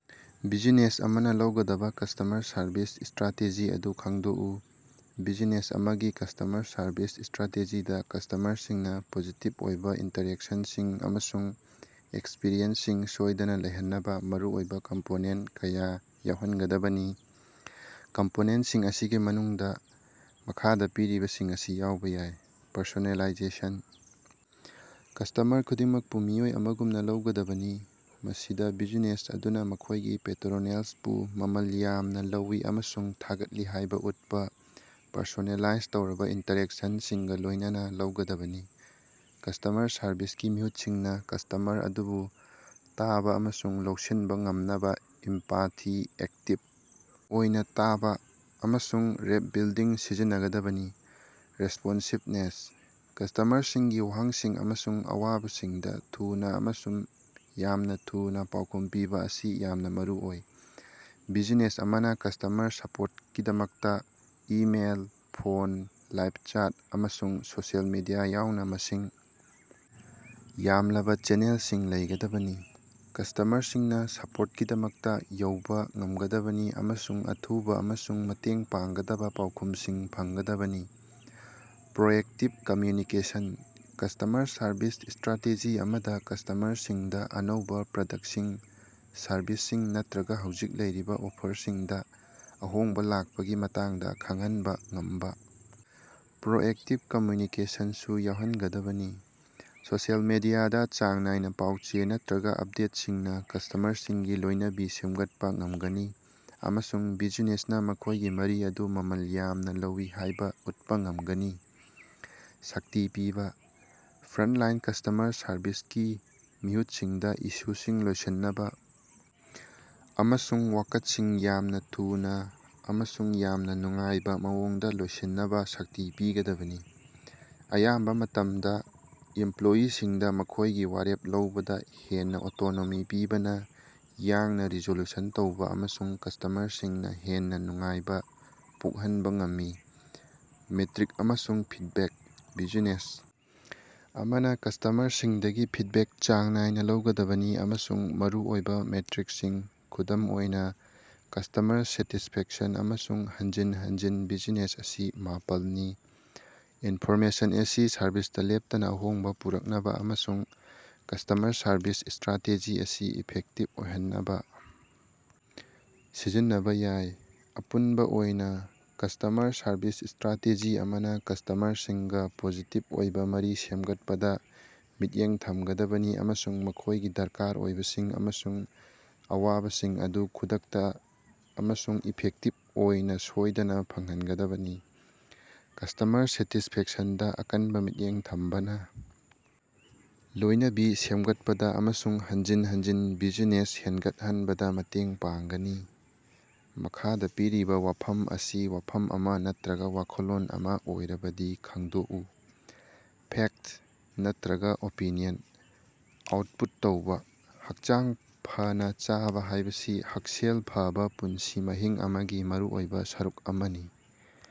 Business ꯑꯃꯅ ꯂꯧꯒꯗꯕ customer service strategy ꯑꯗꯨ ꯈꯪꯗꯣꯛꯎ꯫ ꯕꯤꯖꯤꯅꯦꯁ ꯑꯃꯒꯤ ꯀꯁ꯭ꯇꯃꯔ ꯁꯔꯚꯤꯁ ꯁ꯭ꯇꯔꯥꯇꯦꯖꯤꯗꯥ ꯀꯁ꯭ꯇꯃꯔꯁꯤꯡꯅꯥ ꯄꯣꯖꯤꯇꯤꯚ ꯑꯣꯏꯕꯥ ꯏꯟꯇꯔꯦꯛꯁꯟꯁꯤꯡ ꯑꯃꯁꯨꯡ ꯑꯦꯛꯁꯄꯤꯔꯤꯑꯦꯟꯁꯁꯤꯡ ꯁꯣꯏꯗꯅꯥ ꯂꯩꯍꯟꯅꯕꯥ ꯃꯔꯨꯑꯣꯏꯕꯥ ꯀꯝꯄꯣꯅꯦꯟꯇ ꯀꯌꯥ ꯌꯥꯎꯍꯟꯒꯗꯕꯅꯤ꯫ ꯀꯝꯄꯣꯅꯦꯟꯇꯁꯤꯡ ꯑꯁꯤꯒꯤ ꯃꯅꯨꯡꯗꯥ ꯃꯈꯥꯗꯥ ꯄꯤꯔꯤꯕꯁꯤꯡ ꯑꯁꯤ ꯌꯥꯎꯕꯥ ꯌꯥꯏ: ꯄꯔꯁꯣꯅꯦꯂꯥꯏꯖꯦꯁꯟ: ꯀꯁ꯭ꯇꯃꯔ ꯈꯨꯗꯤꯡꯃꯛꯄꯨ ꯃꯤꯑꯣꯏ ꯑꯃꯒꯨꯝꯅꯥ ꯂꯧꯒꯗꯕꯅꯤ, ꯃꯁꯤꯗꯥ ꯕꯤꯖꯤꯅꯦꯁ ꯑꯗꯨꯅꯥ ꯃꯈꯣꯏꯒꯤ ꯄꯦꯇꯔꯣꯅꯦꯖꯕꯨ ꯃꯃꯜ ꯌꯥꯝꯅ ꯂꯧꯏ ꯑꯃꯁꯨꯡ ꯊꯥꯒꯠꯂꯤ ꯍꯥꯏꯕ ꯎꯠꯄꯥ ꯄꯔꯁꯣꯅꯦꯂꯥꯏꯖ ꯇꯧꯔꯕ ꯏꯟꯇꯔꯦꯛꯁꯅꯁꯤꯡꯒꯥ ꯂꯣꯏꯅꯅ ꯂꯧꯒꯗꯕꯅꯤ꯫ ꯀꯁ꯭ꯇꯃꯔ ꯁꯔꯚꯤꯁꯀꯤ ꯃꯤꯍꯨꯠꯁꯤꯡꯅꯥ ꯀꯁ꯭ꯇꯃꯔ ꯑꯗꯨꯕꯨ ꯇꯥꯕꯥ ꯑꯃꯁꯨꯡ ꯂꯧꯁꯤꯟꯕꯥ ꯉꯝꯅꯕꯥ ꯏꯝꯄꯥꯊꯤ, ꯑꯦꯛꯇꯤꯕ ꯑꯣꯏꯅꯥ ꯇꯥꯕꯥ, ꯑꯃꯁꯨꯡ ꯔꯦꯞ ꯕꯤꯜꯗꯤꯡ ꯁꯤꯖꯤꯟꯅꯒꯗꯕꯅꯤ꯫ ꯔꯦꯁꯄꯣꯟꯁꯤꯕꯅꯦꯁ: ꯀꯁ꯭ꯇꯃꯔꯁꯤꯡꯒꯤ ꯋꯥꯍꯪꯁꯤꯡ ꯑꯃꯁꯨꯡ ꯑꯋꯥꯕꯁꯤꯡꯗꯥ ꯊꯨꯅꯥ ꯑꯃꯁꯨꯡ ꯌꯥꯝꯅꯥ ꯊꯨꯅꯥ ꯄꯥꯎꯈꯨꯝ ꯄꯤꯕꯥ ꯑꯁꯤ ꯌꯥꯝꯅꯥ ꯃꯔꯨꯑꯣꯏ꯫ ꯕꯤꯖꯤꯅꯦꯁ ꯑꯃꯅꯥ ꯀꯁ꯭ꯇꯃꯔ ꯁꯄꯣꯔꯇꯀꯤꯗꯃꯛꯇꯥ ꯏꯃꯦꯜ, ꯐꯣꯟ, ꯂꯥꯏꯐ ꯆꯥꯠ, ꯑꯃꯁꯨꯡ ꯁꯣꯁꯤꯑꯦꯜ ꯃꯤꯗꯤꯌꯥ ꯌꯥꯎꯅ ꯃꯁꯤꯡ ꯌꯥꯝꯂꯕꯥ ꯆꯦꯅꯦꯜꯁꯤꯡ ꯂꯩꯒꯗꯕꯅꯤ꯫ ꯀꯁ꯭ꯇꯃꯔꯁꯤꯡꯅꯥ ꯁꯄꯣꯔꯇꯀꯤꯗꯃꯛꯇꯥ ꯌꯧꯕꯥ ꯉꯝꯒꯗꯕꯅꯤ ꯑꯃꯁꯨꯡ ꯑꯊꯨꯕꯥ ꯑꯃꯁꯨꯡ ꯃꯇꯦꯡ ꯄꯥꯡꯒꯗꯕꯥ ꯄꯥꯎꯈꯨꯝꯁꯤꯡ ꯐꯪꯒꯗꯕꯅꯤ꯫ Proactive communication: customer service strategy ꯑꯃꯗꯥ ꯀꯁ꯭ꯇꯃꯔꯁꯤꯡꯗꯥ ꯑꯅꯧꯕꯥ ꯄ꯭ꯔꯗꯛꯇꯁꯤꯡ, ꯁꯔꯚꯤꯁꯁꯤꯡ ꯅꯠꯇꯔꯒꯥ ꯍꯧꯖꯤꯛ ꯂꯩꯔꯤꯕꯥ ꯑꯣꯐꯔꯁꯤꯡꯗꯥ ꯑꯍꯣꯡꯕꯥ ꯂꯥꯛꯄꯒꯤ ꯃꯇꯥꯡꯗꯥ ꯈꯪꯍꯟꯕꯥ ꯉꯝꯕꯥ ꯄ꯭ꯔꯣꯑꯦꯛꯇꯤꯚ ꯀꯃꯨꯅꯤꯀꯦꯁꯟꯁꯨ ꯌꯥꯎꯍꯟꯒꯗꯕꯅꯤ꯫ ꯁꯣꯁꯤꯑꯦꯜ ꯃꯤꯗꯤꯌꯥꯗꯥ ꯆꯥꯡ ꯅꯥꯏꯅꯥ ꯄꯥꯎ-ꯆꯦ ꯅꯠꯇꯔꯒꯥ ꯑꯄꯗꯦꯠꯁꯤꯡꯅꯥ ꯀꯁ꯭ꯇꯃꯔꯁꯤꯡꯒꯤ ꯂꯣꯏꯅꯕꯤ ꯁꯦꯝꯒꯠꯄꯥ ꯉꯝꯒꯅꯤ ꯑꯃꯁꯨꯡ ꯕꯤꯖꯤꯅꯦꯁꯅꯥ ꯃꯈꯣꯏꯒꯤ ꯃꯔꯤ ꯑꯗꯨ ꯃꯃꯜ ꯌꯥꯝꯅꯥ ꯂꯧꯏ ꯍꯥꯏꯕꯥ ꯎꯠꯄꯥ ꯉꯝꯒꯅꯤ꯫ ꯁꯛꯇꯤ ꯄꯤꯕꯥ: ꯐ꯭ꯔꯟꯇꯂꯥꯏꯟ ꯀꯁ꯭ꯇꯃꯔ ꯁꯔꯕꯤꯁꯀꯤ ꯃꯤꯍꯨꯠꯁꯤꯡꯗꯥ ꯏꯁꯨꯁꯤꯡ ꯂꯣꯏꯁꯤꯟꯅꯕꯥ ꯑꯃꯁꯨꯡ ꯋꯥꯀꯠꯁꯤꯡ ꯌꯥꯝꯅꯥ ꯊꯨꯅꯥ ꯑꯃꯁꯨꯡ ꯌꯥꯝꯅꯥ ꯅꯨꯡꯉꯥꯏꯕꯥ ꯃꯑꯣꯡꯗꯥ ꯂꯣꯏꯁꯤꯟꯅꯕꯥ ꯁꯛꯇꯤ ꯄꯤꯒꯗꯕꯅꯤ꯫ ꯑꯌꯥꯝꯕꯥ ꯃꯇꯝꯗꯥ, ꯏꯝꯄꯂꯣꯌꯤꯁꯤꯡꯗꯥ ꯃꯈꯣꯏꯒꯤ ꯋꯥꯔꯦꯞ ꯂꯧꯕꯗꯥ ꯍꯦꯟꯅꯥ ꯑꯣꯇꯣꯅꯣꯃꯤ ꯄꯤꯕꯅꯥ ꯌꯥꯡꯅꯥ ꯔꯤꯖꯣꯜꯌꯨꯁꯟ ꯇꯧꯕꯥ ꯑꯃꯁꯨꯡ ꯀꯁ꯭ꯇꯃꯔꯁꯤꯡꯅꯥ ꯍꯦꯟꯅꯥ ꯅꯨꯡꯉꯥꯏꯕꯥ ꯄꯣꯛꯍꯟꯕꯥ ꯉꯝꯃꯤ꯫ ꯃꯦꯇꯔꯤꯛ ꯑꯃꯁꯨꯡ ꯐꯤꯗꯕꯦꯛ: ꯕꯤꯖꯤꯅꯦꯁ ꯑꯃꯅꯥ ꯀꯁ꯭ꯇꯃꯔꯁꯤꯡꯗꯒꯤ ꯐꯤꯗꯕꯦꯛ ꯆꯥꯡ ꯅꯥꯏꯅꯥ ꯂꯧꯒꯗꯕꯅꯤ ꯑꯃꯁꯨꯡ ꯃꯔꯨ ꯑꯣꯏꯕꯥ ꯃꯦꯠꯔꯤꯀꯁꯤꯡ, ꯈꯨꯗꯝ ꯑꯣꯏꯅꯥ ꯀꯁ꯭ꯇꯃꯔ ꯁꯦꯇꯤꯁꯐꯦꯛꯁꯟ ꯑꯃꯁꯨꯡ ꯍꯟꯖꯤꯟ ꯍꯟꯖꯤꯟ ꯕꯤꯖꯤꯅꯦꯁ ꯑꯁꯤ ꯃꯥꯄꯜꯅꯤ꯫ ꯏꯟꯐꯣꯔꯃꯦꯁꯟ ꯑꯁꯤ ꯁꯔꯚꯤꯁꯇꯥ ꯂꯦꯞꯇꯅꯥ ꯑꯍꯣꯡꯕꯥ ꯄꯨꯔꯛꯅꯕꯥ ꯑꯃꯁꯨꯡ ꯀꯁ꯭ꯇꯃꯔ ꯁꯔꯚꯤꯁ ꯁ꯭ꯇꯔꯥꯇꯦꯖꯤ ꯑꯁꯤ ꯏꯐꯦꯛꯇꯤꯚ ꯑꯣꯏꯍꯟꯅꯕꯥ ꯁꯤꯖꯤꯟꯅꯕꯥ ꯌꯥꯏ꯫ ꯑꯄꯨꯅꯕꯥ ꯑꯣꯏꯅꯥ, ꯀꯁ꯭ꯇꯃꯔ ꯁꯔꯚꯤꯁ ꯁ꯭ꯇꯔꯥꯇꯦꯖꯤ ꯑꯃꯅꯥ ꯀꯁ꯭ꯇꯃꯔꯁꯤꯡꯒꯥ ꯄꯣꯖꯤꯇꯤꯚ ꯑꯣꯏꯕꯥ ꯃꯔꯤ ꯁꯦꯝꯒꯠꯄꯗꯥ ꯃꯤꯠꯌꯦꯡ ꯊꯝꯒꯗꯕꯅꯤ ꯑꯃꯁꯨꯡ ꯃꯈꯣꯏꯒꯤ ꯗꯔꯀꯥꯔ ꯑꯣꯏꯕꯁꯤꯡ ꯑꯃꯁꯨꯡ ꯑꯋꯥꯕꯁꯤꯡ ꯑꯗꯨ ꯈꯨꯗꯛꯇꯥ ꯑꯃꯁꯨꯡ ꯏꯐꯦꯛꯇꯤꯚ ꯑꯣꯏꯅꯥ ꯁꯣꯏꯗꯅꯥ ꯐꯪꯍꯟꯒꯗꯕꯅꯤ꯫ ꯀꯁ꯭ꯇꯃꯔ ꯁꯦꯇꯤꯁꯐꯦꯛꯁꯟꯗꯥ ꯑꯀꯟꯕꯥ ꯃꯤꯠꯌꯦꯡ ꯊꯝꯕꯅꯥ ꯂꯣꯏꯅꯕꯤ ꯁꯦꯝꯒꯠꯄꯗꯥ ꯑꯃꯁꯨꯡ ꯍꯟꯖꯤꯟ ꯍꯟꯖꯤꯟ ꯕꯤꯖꯤꯅꯦꯁ ꯍꯦꯟꯒꯠꯍꯟꯕꯗꯥ ꯃꯇꯦꯡ ꯄꯥꯡꯒꯅꯤ꯫ ꯃꯈꯥꯗꯥ ꯄꯤꯔꯤꯕꯥ ꯋꯥꯐꯝ ꯑꯁꯤ ꯋꯥꯐꯝ ꯑꯃꯥ ꯅꯠꯇꯔꯒꯥ ꯋꯥꯈꯜꯂꯣꯟ ꯑꯃꯥ ꯑꯣꯏꯔꯕꯗꯤ ꯈꯪꯗꯣꯛꯎ꯫ "ꯐꯦꯛꯇ" ꯅꯠꯔꯒꯥ "ꯑꯣꯄꯤꯅꯤꯌꯟ" ꯑꯥꯎꯠꯄꯨꯠ ꯇꯧꯕꯥ꯫ ꯍꯛꯆꯥꯡ ꯐꯅꯥ ꯆꯥꯕꯥ ꯍꯥꯏꯕꯁꯤ ꯍꯛꯁꯦꯜ ꯐꯕꯥ ꯄꯨꯟꯁꯤ ꯃꯍꯤꯡ ꯑꯃꯒꯤ ꯃꯔꯨꯑꯣꯏꯕꯥ ꯁꯔꯨꯛ ꯑꯃꯅꯤ꯫